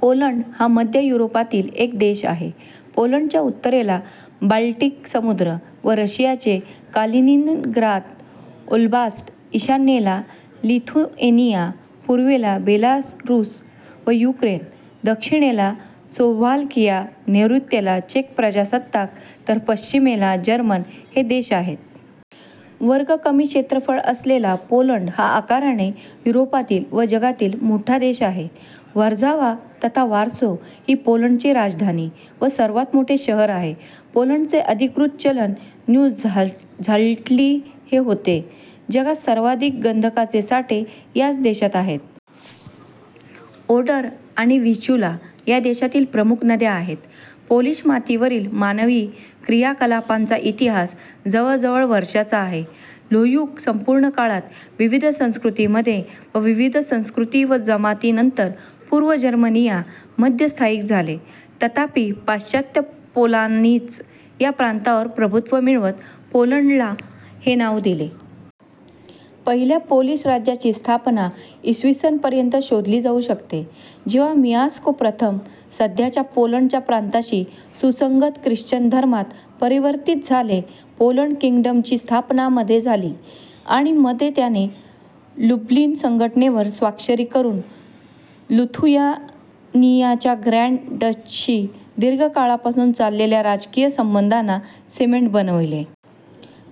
Poland हा मध्य युरोपातील एक देश आहे. पोलंडच्या उत्तरेला बाल्टिक समुद्र व रशियाचे कालिनिनग्राद ओब्लास्ट, ईशान्येला लिथुएनिया, पूर्वेला बेलारूस व युक्रेन, दक्षिणेला स्लोव्हाकिया, नैऋत्येला चेक प्रजासत्ताक तर पश्चिमेला जर्मनी हे देश आहेत. वर्ग किमी क्षेत्रफळ असलेला पोलंड हा आकाराने युरोपातील व जगातील मोठा देश आहे. वर्झावा तथा वॉर्सो ही पोलंडची राजधानी व सर्वात मोठे शहर आहे. पोलंडचे अधिकृत चलन न्यु झ्लॅाटी हे होते. जगात सर्वाधिक गंधकाचे साठे याच देशात आहे. ओडर आणि व्हिस्चुला या देशातील प्रमुख नद्या आहेत. पोलिश मातीवरील मानवी क्रियाकलापांचा इतिहास जवळजवळ वर्षांचा आहे. लोहयुग संपूर्ण काळात विविध संस्कृतींमध्ये व विविध संस्कृती व जमाती नंतर पूर्व जर्मनिया मध्ये स्थायिक झाले. तथापि, पाश्चात्य पोलांनीच या प्रांतावर प्रभुत्व मिळवत पोलंडला हे नाव दिले. पहिल्या पोलिश राज्याची स्थापना इ. स. पर्यंत शोधली जाऊ शकते, जेव्हा मिआस्को प्रथम, सध्याच्या पोलंडच्या प्रांताशी सुसंगत ख्रिश्चन धर्मात परिवर्तित झाले. पोलंड किंगडमची स्थापना मध्ये झाली आणि मध्ये त्याने लुब्लिन संघटनेवर स्वाक्षरी करून लिथुआनियाच्या ग्रँड डचीशी दीर्घकाळपासून चाललेल्या राजकीय संबंधांना सिमेंट बनविले.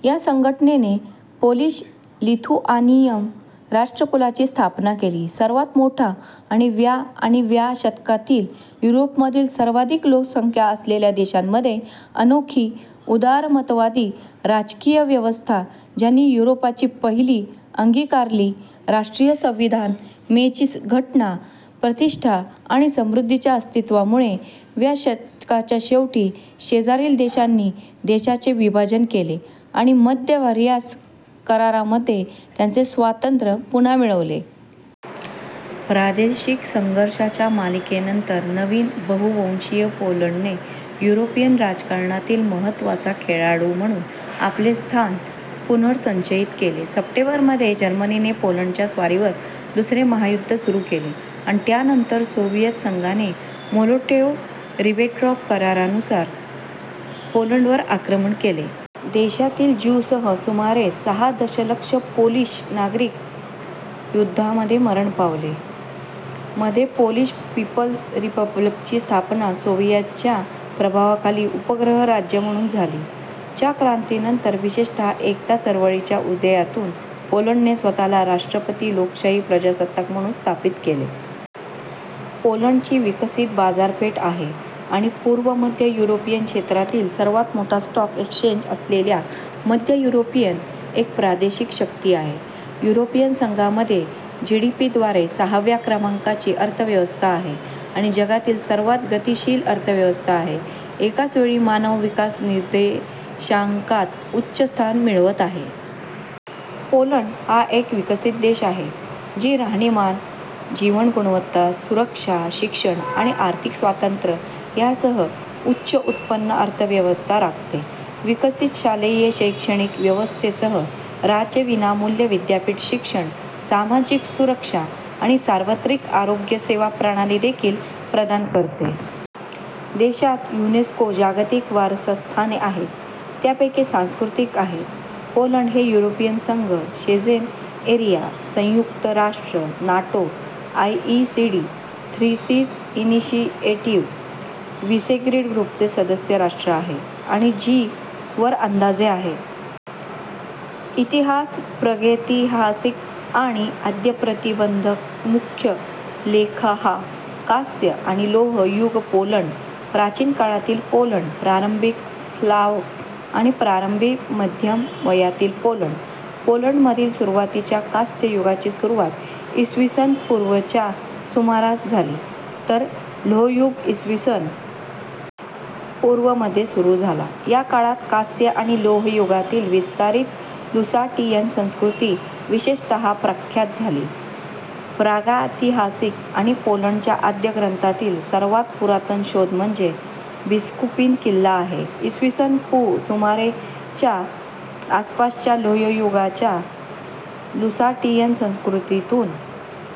या संघटनेने पोलिश लिथुआनियन राष्ट्रकुलाची स्थापना केली, सर्वात मोठा आणि व्या आणि व्या शतकातील युरोपमधील सर्वाधिक लोकसंख्या असलेल्या देशांमध्ये, अनोखी उदारमतवादी राजकीय व्यवस्था ज्यांनी युरोपची पहिली अंगीकारली राष्ट्रीय संविधान, मे ची घटना. प्रतिष्ठा आणि समृद्धीच्या अस्तित्वामुळे, व्या शतकाच्या शेवटी शेजारील देशांनी देशाचे विभाजन केले आणि मध्ये व्हर्साय कराराद्वारे त्याचे स्वातंत्र्य पुन्हा मिळवले. प्रादेशिक संघर्षांच्या मालिकेनंतर, नवीन बहु-वंशीय पोलंडने युरोपियन राजकारणातील महत्त्वाचा खेळाडू म्हणून आपले स्थान पुनर्संचयित केले. सप्टेंबर मध्ये जर्मनीने पोलंडच्या स्वारीवर दुसरे महायुद्ध सुरू केले आणि त्यानंतर सोव्हिएत संघाने मोलोटोव्ह – रिबेंट्रॉप करारानुसार पोलंडवर आक्रमण केले. देशातील ज्यूंसह सुमारे सहा दशलक्ष पोलिश नागरिक युद्धामध्ये मरण पावले. मध्ये, पोलिश पीपल्स रिपब्लिकची स्थापना सोव्हिएतच्या प्रभावाखाली उपग्रह राज्य म्हणून झाली. च्या क्रांतीनंतर, विशेषतः एकता चळवळीच्या उदयातून पोलंडने स्वतःला राष्ट्रपती लोकशाही प्रजासत्ताक म्हणून प्रस्थापित केले. ︎ पोलंडची विकसित बाजारपेठ आहे आणि पूर्व मध्य युरोपीय क्षेत्रातील सर्वात मोठा स्टॉक एक्सचेंज असलेल्या मध्य युरोपमधील एक प्रादेशिक शक्ती आहे. युरोपियन संघामध्ये जीडीपी द्वारे सहाव्या क्रमांकाची अर्थव्यवस्था आहे आणि जगातील सर्वात गतीशील अर्थव्यवस्था आहे, एकाच वेळी मानव विकास निर्देशांकात उच्च स्थान मिळवित आहे. पोलंड हा एक विकसित देश आहे, जी राहणीमान, जीवन गुणवत्ता, सुरक्षा, शिक्षण आणि आर्थिक स्वातंत्र्य यासह उच्च-उत्पन्न-अर्थव्यवस्था राखते. विकसित शालेय शैक्षणिक व्यवस्थेसह, राज्य विनामूल्य विद्यापीठ शिक्षण, सामाजिक सुरक्षा आणि सार्वत्रिक आरोग्य सेवा प्रणाली देखील प्रदान करते. देशात युनेस्को जागतिक वारसास्थाने आहेत, त्यापैकी सांस्कृतिक आहेत. पोलंड हे युरोपियन संघ, शेंजेन एरिया, संयुक्त राष्ट्र, NATO, OECD, Three Seas Initiative, Visegrad ग्रुपचे सदस्य राष्ट्र आहे आणि जी - वर अंदाजे आहे. इतिहास प्रागैतिहासिक आणि आद्यप्रतिबंधकमुख्य लेखः कांस्य- आणि लोह-युग पोलंड, प्राचीन काळातील पोलंड, प्रारंभिक स्लाव्ह आणि प्रारंभिक मध्यम वयातील पोलंड. पोलंडमधील सुरुवातीच्या कांस्ययुगाची सुरुवात इ. स. पू. च्या सुमारास झाली, तर लोहयुग इ. स. पू. मध्ये सुरू झाला. या काळात, कांस्य आणि लोह युगांतील विस्तारित लुसाटियन संस्कृती विशेषतः प्रख्यात झाली. प्रागैतिहासिक आणि पोलंडच्या आद्य ग्रंथातील सर्वात पुरातन शोध म्हणजे बिस्कूपिन किल्ला आहे, इ. स. पू. सुमारे च्या आसपासच्या लोहयुगाच्या लुसाटियन संस्कृतीतून.